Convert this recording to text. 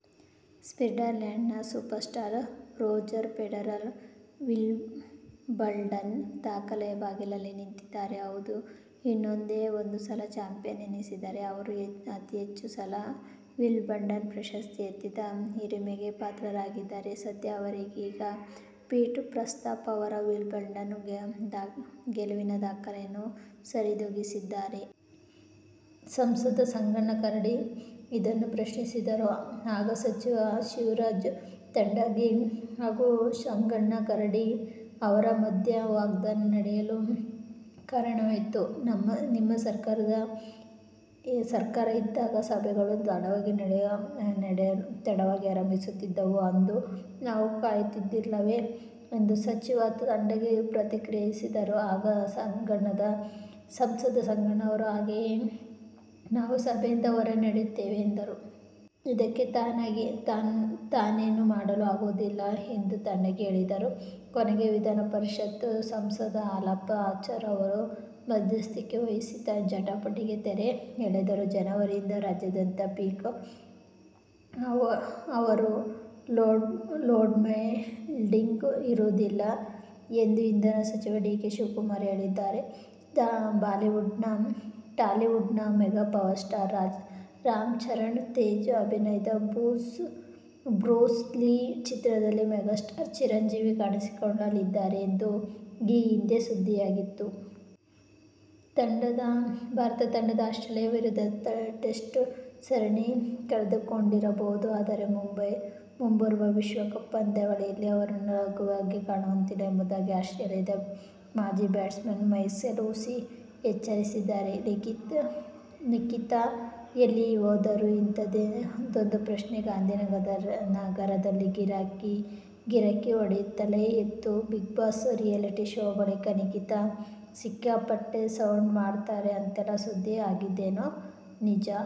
ಸಿಟ್ಸರ್ಲ್ಯಾಂಡಿನ super star Roger Federer Wimbledon ದಾಖಲೆಯ ಬಾಗಿಲಲ್ಲಿ ನಿಂತಿದ್ದಾರೆ. ಹೌದು, ಇನ್ನೊಂದೇ ಒಂದು ಸಲ ಚಾಂಪಿಯನ್ ಎನಿಸಿದರೆ ಅವರು ಅತೀ ಹೆಚ್ಚು ಸಲ ವಿಂಬಲ್ಡನ್ ಪ್ರಶಸ್ತಿ ಎತ್ತಿದ ಹಿರಿಮೆಗೆ ಪಾತ್ರರಾಗಲಿದ್ದಾರೆ. ಸದ್ಯ ಅವರೀಗ ಪೀಟ್ ಸಾಂಪ್ರಾಸ್ ಅವರ ವಿಂಬಲ್ಡನ್ ಗೆಲುವಿನ ದಾಖಲೆಯನ್ನು ಸರಿದೂಗಿಸಿದ್ದಾರೆ. ಸಂಸದ ಸಂಗಣ್ಣ ಕರಡಿ ಇದನ್ನು ಪ್ರಶ್ನಿಸಿದರು. ಆಗ ಸಚಿವ ಶಿವರಾಜ ತಂಗಡಗಿ ಹಾಗೂ ಸಂಗಣ್ಣ ಕರಡಿ ಅವರ ಮಧ್ಯೆ ವಾಗ್ವಾದ ನಡೆಯಲು ಕಾರಣವಾಯಿತು. "ನಿಮ್ಮ ಸರ್ಕಾರ ಇದ್ದಾಗ ಸಭೆಗಳು ತಡವಾಗಿ ಆರಂಭವಾಗುತ್ತಿದ್ದವು. ಅಂದು ನಾವು ಕಾಯುತ್ತಿದ್ದಿಲ್ಲವೇ' ಎಂದು ಸಚಿವ ತಂಗಡಗಿ ಪ್ರತಿಕ್ರಿಯಿಸಿದರು. ಆಗ ಸಂಸದ ಸಂಗಣ್ಣ ಅವರು, ಹಾಗಾದರೆ ತಾವು ಸಭೆಯಿಂದ ಹೊರ ನಡೆಯುತ್ತೇವೆ ಎಂದರು. ಇದಕ್ಕೆ ತಾನೇನೂ ಮಾಡಲು ಆಗುವುದಿಲ್ಲ ಎಂದು ತಂಗಡಗಿ ಹೇಳಿದರು. ಕೊನೆಗೆ ವಿಧಾನ ಪರಿಷತ್ ಸದಸ್ಯ ಹಾಲಪ್ಪ ಆಚಾರ್ ಅವರು ಮಧ್ಯಸ್ಥಿಕೆ ವಹಿಸಿ ಜಟಾಪಟಿಗೆ ತೆರೆ ಎಳೆದರು. ಜನವರಿಯಿಂದ ರಾಜ್ಯಾದ್ಯಂತ ಪೀಕ್ ಅವರ್ ಲೋಡ್ಶೆಡ್ಡಿಂಗ್ ಇರುವುದಿಲ್ಲ ಎಂದು ಇಂಧನ ಸಚಿವ ಡಿ. ಕೆ. ಶಿವಕುಮಾರ್ ಹೇಳಿದ್ದಾರೆ. ಟಾಲಿವುಡ್'ನ mega power star Ram Charan Teja ಅಭಿನಯದ ಬ್ರೂಸ್ ಲಿ ಚಿತ್ರದಲ್ಲಿ ಮೆಗಾಸ್ಟಾರ್ ಚಿರಂಜೀವಿ ಕಾಣಿಸಿಕೊಳ್ಳಲಿದ್ದಾರೆ ಎಂದು ಈ ಹಿಂದೆ ಸುದ್ದಿಯಾಗಿತ್ತು. ಭಾರತ ತಂಡ ಆಸ್ಟ್ರೇಲಿಯ ವಿರುದ್ಧದ ಟೆಸ್ಟ್ ಸರಣಿಯನ್ನು ಕಳೆದು ಕೊಂಡಿ ರಬಹುದು, ಆದರೆ ಮುಂಬರುವ ವಿಶ್ವಕಪ್ ಪಂದ್ಯಾವಳಿಯಲ್ಲಿ ಅವರನ್ನು ಲಘುವಾಗಿ ಕಾಣುವಂತಿಲ್ಲ ಎಂಬುದಾಗಿ ಆಸ್ಟ್ರೇಲಿಯದ ಮಾಜಿ ಬ್ಯಾಟ್ಸ್ಮನ್ ಮೈಕಲ್ ಹಸ್ಸಿ ಎಚ್ಚರಿಸಿದ್ದಾರೆ. ನಿಖೀತಾ ಎಲ್ಲಿ ಹೋದರು? -ಇಂಥದ್ದೊಂದು ಪ್ರಶ್ನೆ ಗಾಂಧಿನಗರದಲ್ಲಿ ಗಿರಕಿಹೊಡೆ ಯುತ್ತಲೇ ಇತ್ತು. "ಬಿಗ್ಬಾಸ್' ರಿಯಾಲಿಟಿ ಶೋ ಬಳಿಕ ನಿಖಿತಾ ಸಿಕ್ಕಾಪಟ್ಟೆ ಸೌಂಡು ಮಾಡ್ತಾರೆ ಅಂತೆಲ್ಲಾ ಸುದ್ದಿ ಆಗಿದ್ದೇನೋ ನಿಜ.